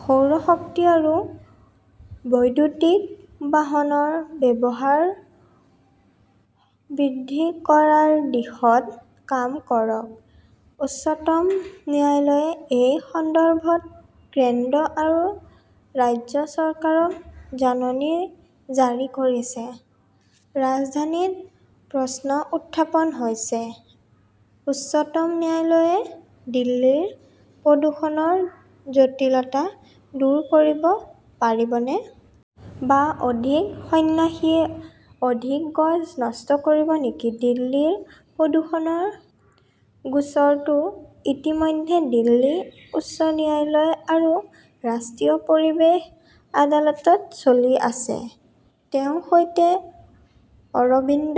সৌৰ শক্তি আৰু বৈদ্যুতিক বাহনৰ ব্যৱহাৰ বৃদ্ধি কৰাৰ দিশত কাম কৰক। উচ্চতম ন্যায়ালয়ে এই সন্দৰ্ভত কেন্দ্ৰ আৰু ৰাজ্য চৰকাৰক জাননী জাৰি কৰিছে। ৰাজধানীত প্ৰশ্ন উত্থাপন হৈছে, উচ্চতম ন্যায়ালয়ে দিল্লীৰ প্ৰদূষণৰ জটিলতা দূৰ কৰিব পাৰিবনে? বা অধিক সন্ন্যাসীয়ে অধিক গজ নষ্ট কৰিব নেকি? দিল্লীৰ প্ৰদূষণৰ গোচৰটো ইতিমধ্যে দিল্লী উচ্চ ন্যায়ালয় আৰু ৰাষ্ট্ৰীয় পৰিৱেশ আদালতত চলি আছে। তেওঁৰ সৈতে অৰবিন্দ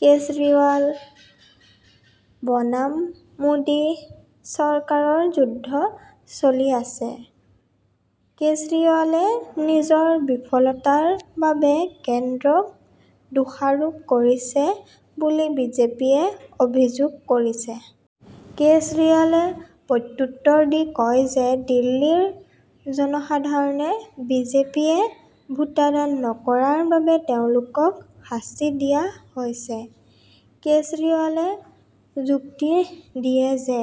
কেজৰিৱাল বনাম মোদী চৰকাৰৰ যুদ্ধ চলি আছে। কেজৰিৱালে নিজৰ বিফলতাৰ বাবে কেন্দ্ৰক দোষাৰোপ কৰিছে বুলি বিজেপিয়ে অভিযোগ কৰিছে। কেজৰিৱালে প্ৰত্যুত্তৰ দি কয় যে দিল্লীৰ জনসাধাৰণে বিজেপিয়ে ভোটদান নকৰাৰ বাবে তেওঁলোকক শাস্তি দিয়া হৈছে। কেজৰিৱালে যুক্তি দিয়ে যে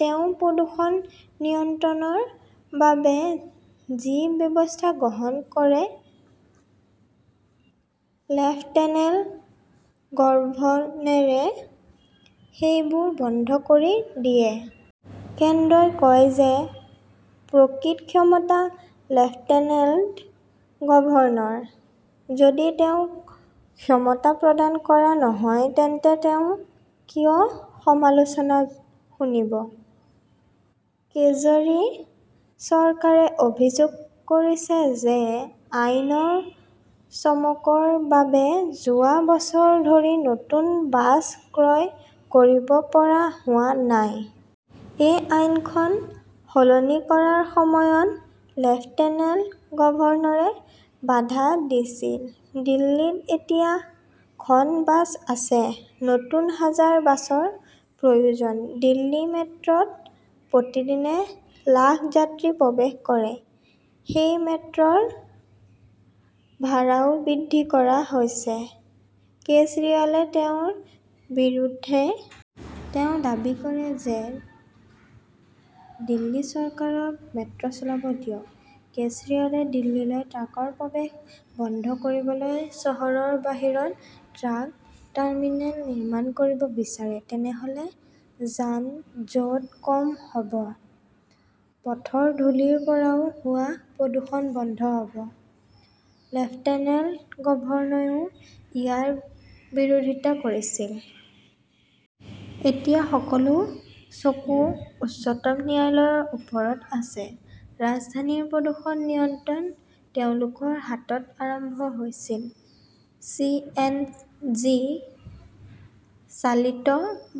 তেওঁ প্ৰদূষণ নিয়ন্ত্ৰণৰ বাবে যি ব্যৱস্থা গ্ৰহণ কৰে, লেফটেনেণ্ট গভৰ্ণৰে সেইবোৰ বন্ধ কৰি দিয়ে। কেন্দ্ৰই কয় যে প্ৰকৃত ক্ষমতা লেফটেনেণ্ট গভৰ্ণৰৰ। যদি তেওঁক ক্ষমতা প্ৰদান কৰা নহয়, তেন্তে তেওঁ কিয় সমালোচনা শুনিব? কেজৰি-চৰকাৰে অভিযোগ কৰিছে যে আইনৰ চমকৰ বাবে যোৱা বছৰ ধৰি নতুন বাছ ক্ৰয় কৰিব পৰা হোৱা নাই। সেই আইনখন সলনি কৰাৰ সময়ত লেফটেনেণ্ট গভৰ্ণৰে বাধা দিছিল। দিল্লীত এতিয়া খন বাছ আছে। নতুন হাজাৰ বাছৰ প্ৰয়োজন। দিল্লী মেট্ৰত প্ৰতিদিনে লাখ যাত্ৰী প্ৰৱেশ কৰে। সেই মেট্ৰৰ ভাড়াও বৃদ্ধি কৰা হৈছে। কেজৰিৱালে তেওঁৰ বিৰুদ্ধে। তেওঁ দাবী কৰে যে দিল্লী চৰকাৰক মেট্ৰচলাব দিয়ক। কেজৰিৱালে দিল্লীলৈ ট্ৰাকৰ প্ৰৱেশ বন্ধ কৰিবলৈ চহৰৰ বাহিৰত ট্ৰাক টাৰ্মিনেল নিৰ্মাণ কৰিব বিচাৰে। তেনেহলে যান-জঁট কম হব। পথৰ ধূলিৰ পৰাও হোৱা প্ৰদূষণ বন্ধ হব। লেফটেনেণ্ট গভৰ্ণৰেও ইয়াৰ বিৰোধিতা কৰিছিল। এতিয়া সকলো চকু উচ্চতম ন্যায়ালয়ৰ ওপৰত আছে। ৰাজধানীৰ প্ৰদূষণ নিয়ন্ত্ৰণ তেওঁলোকৰ হাতত আৰম্ভ হৈছিল। চি. এন. জি. -চালিত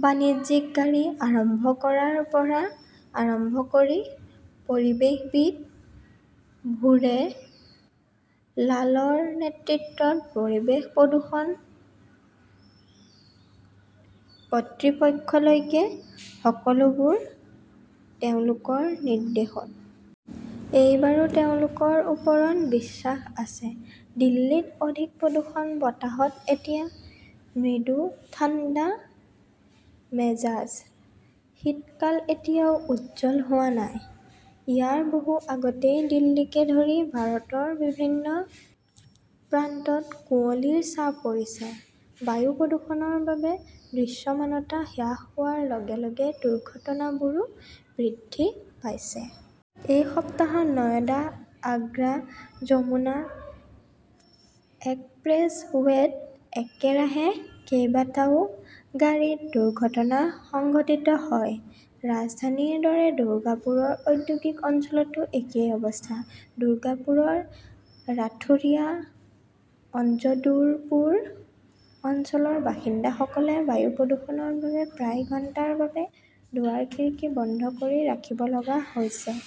বাণিজ্যিক গাড়ী আৰম্ভ কৰাৰ পৰা আৰম্ভ কৰি পৰিৱেশবিদ ভুৰে লালৰ নেতৃত্বত পৰিৱেশ প্ৰদূষণ কৰ্তৃপক্ষলৈকে-সকলোবোৰ তেওঁলোকৰ নিৰ্দেশত। এইবাৰো তেওঁলোকৰ ওপৰত বিশ্বাস আছে। দিল্লীত অধিক প্ৰদূষণ বতাহত এতিয়া মৃদু ঠাণ্ডা মেজাজ। শীতকাল এতিয়াও উজ্জ্বল হোৱা নাই। ইয়াৰ বহু আগতেই দিল্লীকে ধৰি ভাৰতৰ বিভিন্ন প্ৰান্তত কুঁৱলীৰ ছাঁ পৰিছে। বায়ু প্ৰদূষণৰ বাবে দৃশ্যমানতা হ্ৰাস হোৱাৰ লগে-লগে দুৰ্ঘটনাবোৰো বৃদ্ধি পাইছে। এই সপ্তাহত নয়ডা-আগ্ৰা যমুনা এক্সপ্ৰেছৱেত একেৰাহে কেইবাটাও গাড়ীত দুৰ্ঘটনা সংঘটিত হয়। ৰাজধানীৰ দৰে দুৰ্গাপুৰৰ ঔদ্যোগিক অঞ্চলতো একেই অৱস্থা। দুৰ্গাপুৰৰ ৰাথুৰিয়া, অঙ্গদুৰপুৰ অঞ্চলৰ বাসিন্দাসকলে বায়ু প্ৰদূষণৰ বাবে প্ৰায় ঘণ্টাৰ বাবে দুৱাৰ-খিৰিকী বন্ধ কৰি ৰাখিব লগা হৈছে।